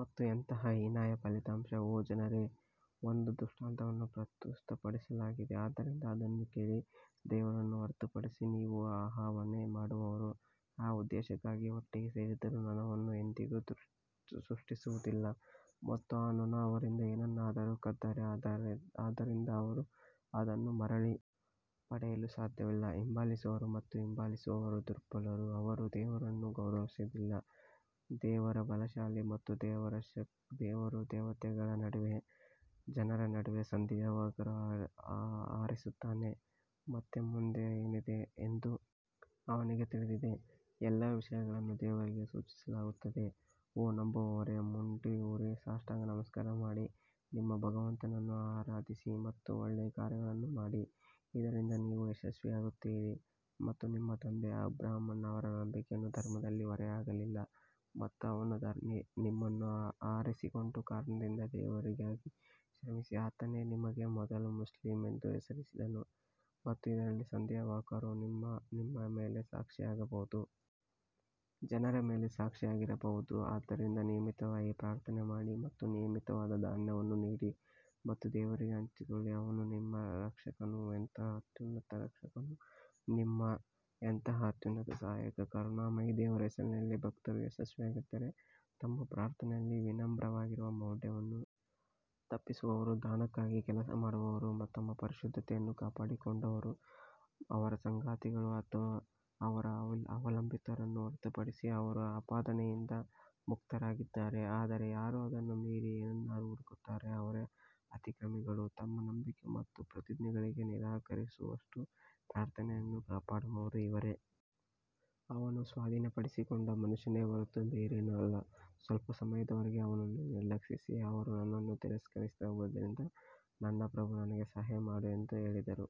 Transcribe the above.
ಮತ್ತು ಎಂತಹ ಹೀನಾಯ ಫಲಿತಾಂಶ ಓ ಜನರೇ ಒಂದು ದೃಷ್ಟಾಂತವನ್ನು ಪ್ರಸ್ತುತಪಡಿಸಲಾಗಿದೆ ಆದ್ದರಿಂದ ಅದನ್ನು ಕೇಳಿ ದೇವರನ್ನು ಹೊರತುಪಡಿಸಿ ನೀವು ಆವಾಹನೆ ಮಾಡುವವರು ಆ ಉದ್ದೇಶಕ್ಕಾಗಿ ಒಟ್ಟಿಗೆ ಸೇರಿದರೂ ನೊಣವನ್ನು ಎಂದಿಗೂ ಸೃಷ್ಟಿಸುವುದಿಲ್ಲ ಮತ್ತು ನೊಣ ಅವರಿಂದ ಏನನ್ನಾದರೂ ಕದ್ದರೆ ಅದರಿಂದ ಅವರು ಅದನ್ನು ಮರಳಿ ಪಡೆಯಲು ಸಾಧ್ಯವಿಲ್ಲ ಹಿಂಬಾಲಿಸುವವರು ಮತ್ತು ಹಿಂಬಾಲಿಸುವವರು ದುರ್ಬಲರು ಅವರು ದೇವರನ್ನು ಗೌರವಿಸುವುದಿಲ್ಲ, ದೇವರು ಬಲಶಾಲಿ ಮತ್ತು ಶಕ್ತಿಶಾಲಿ ದೇವರು ದೇವತೆಗಳ ನಡುವೆ ಮತ್ತು ದೇವರು ಕೇಳುವ ಮತ್ತು ನೋಡುವ ಜನರ ನಡುವೆ ಸಂದೇಶವಾಹಕರನ್ನು ಆರಿಸುತ್ತಾನೆ ಅವರ ಮುಂದೆ ಏನಿದೆ ಮತ್ತು ಅವರ ಹಿಂದೆ ಏನಿದೆ ಎಂದು ಅವನಿಗೆ ತಿಳಿದಿದೆ, ಎಲ್ಲಾ ವಿಷಯಗಳನ್ನು ದೇವರಿಗೆ ಸೂಚಿಸಲಾಗುತ್ತದೆ ಓ ನಂಬುವವರೇ ಮಂಡಿಯೂರಿ ಸಾಷ್ಟಾಂಗ ನಮಸ್ಕಾರ ಮಾಡಿ ನಿಮ್ಮ ಭಗವಂತನನ್ನು ಆರಾಧಿಸಿ ಮತ್ತು ಒಳ್ಳೆಯ ಕಾರ್ಯಗಳನ್ನು ಮಾಡಿ ಇದರಿಂದ ನೀವು ಯಶಸ್ವಿಯಾಗುತ್ತೀರಿ ಮತ್ತು ನಿಮ್ಮ ತಂದೆ ಅಬ್ರಹಾಂ ಅವರ ನಂಬಿಕೆಯನ್ನು ಧರ್ಮದಲ್ಲಿ ಹೊರೆಯಾಗಿಲ್ಲ ಮತ್ತು ಆತನು ನಿಮ್ಮನ್ನು ಆರಿಸಿಕೊಂಡ ಕಾರಣದಿಂದ ದೇವರಿಗಾಗಿ ಶ್ರಮಿಸಿ, ಆತನೇ ನಿಮಗೆ ಮೊದಲು ಮುಸ್ಲಿಂ ಎಂದು ಹೆಸರಿಸಿದನು ಮತ್ತು ಇದರಲ್ಲಿ ಸಂದೇಶವಾಹಕರು ನಿಮ್ಮ ಮತ್ತು ನಿಮ್ಮ ಮೇಲೆ ಸಾಕ್ಷಿಯಾಗಬಹುದು. ಜನರ ಮೇಲೆ ಸಾಕ್ಷಿಗಳಾಗಿರಬಹುದು ಆದ್ದರಿಂದ ನಿಯಮಿತವಾಗಿ ಪ್ರಾರ್ಥನೆ ಮಾಡಿ ಮತ್ತು ನಿಯಮಿತವಾದ ದಾನವನ್ನು ನೀಡಿ ಮತ್ತು ದೇವರಿಗೆ ಅಂಟಿಕೊಳ್ಳಿ ಅವನು ನಿಮ್ಮ ರಕ್ಷಕನು ಎಂತಹ ಅತ್ಯುತ್ತಮ ರಕ್ಷಕ ಮತ್ತು ಎಂತಹ ಅತ್ಯುತ್ತಮ ಸಹಾಯಕ ಕರುಣಾಮಯಿ ದೇವರ ಹೆಸರಿನಲ್ಲಿ ಭಕ್ತರು ಯಶಸ್ವಿಯಾಗಿದ್ದಾರೆ ತಮ್ಮ ಪ್ರಾರ್ಥನೆಯಲ್ಲಿ ವಿನಮ್ರರಾಗಿರುವವರು ಮೌಢ್ಯವನ್ನು ತಪ್ಪಿಸುವವರು ದಾನಕ್ಕಾಗಿ ಕೆಲಸ ಮಾಡುವವರು ತಮ್ಮ ಪರಿಶುದ್ಧತೆಯನ್ನು ಕಾಪಾಡಿಕೊಂಡವರು ಅವರ ಸಂಗಾತಿಗಳು ಅಥವಾ ಅವರ ಅವಲಂಬಿತರನ್ನು ಹೊರತುಪಡಿಸಿ ಅವರು ಆಪಾದನೆಯಿಂದ ಮುಕ್ತರಾಗಿದ್ದಾರೆ ಆದರೆ ಯಾರು ಅದನ್ನು ಮೀರಿ ಏನನ್ನು ಹುಡುಕುತ್ತಾರೋ ಅವರೇ ಅತಿಕ್ರಮಿಗಳು ತಮ್ಮ ನಂಬಿಕೆ ಮತ್ತು ಪ್ರತಿಜ್ಞೆಗಳಿಗೆ ನಿಷ್ಠರಾಗಿರುವವರು ತಮ್ಮ ಪ್ರಾರ್ಥನೆಯನ್ನು ಕಾಪಾಡುವವರು ಇವರೇ ಅವನು ಸ್ವಾಧೀನಪಡಿಸಿಕೊಂಡ ಮನುಷ್ಯನೇ ಹೊರತು ಬೇರೇನೂ ಅಲ್ಲ, ಸ್ವಲ್ಪ ಸಮಯದವರೆಗೆ ಅವನನ್ನು ನಿರ್ಲಕ್ಷಿಸಿ ಅವರು ನನ್ನನ್ನು ತಿರಸ್ಕರಿಸಿದ್ದರಿಂದ ನನ್ನ ಪ್ರಭು ನನಗೆ ಸಹಾಯ ಮಾಡು ಎಂದು ಹೇಳಿದರು.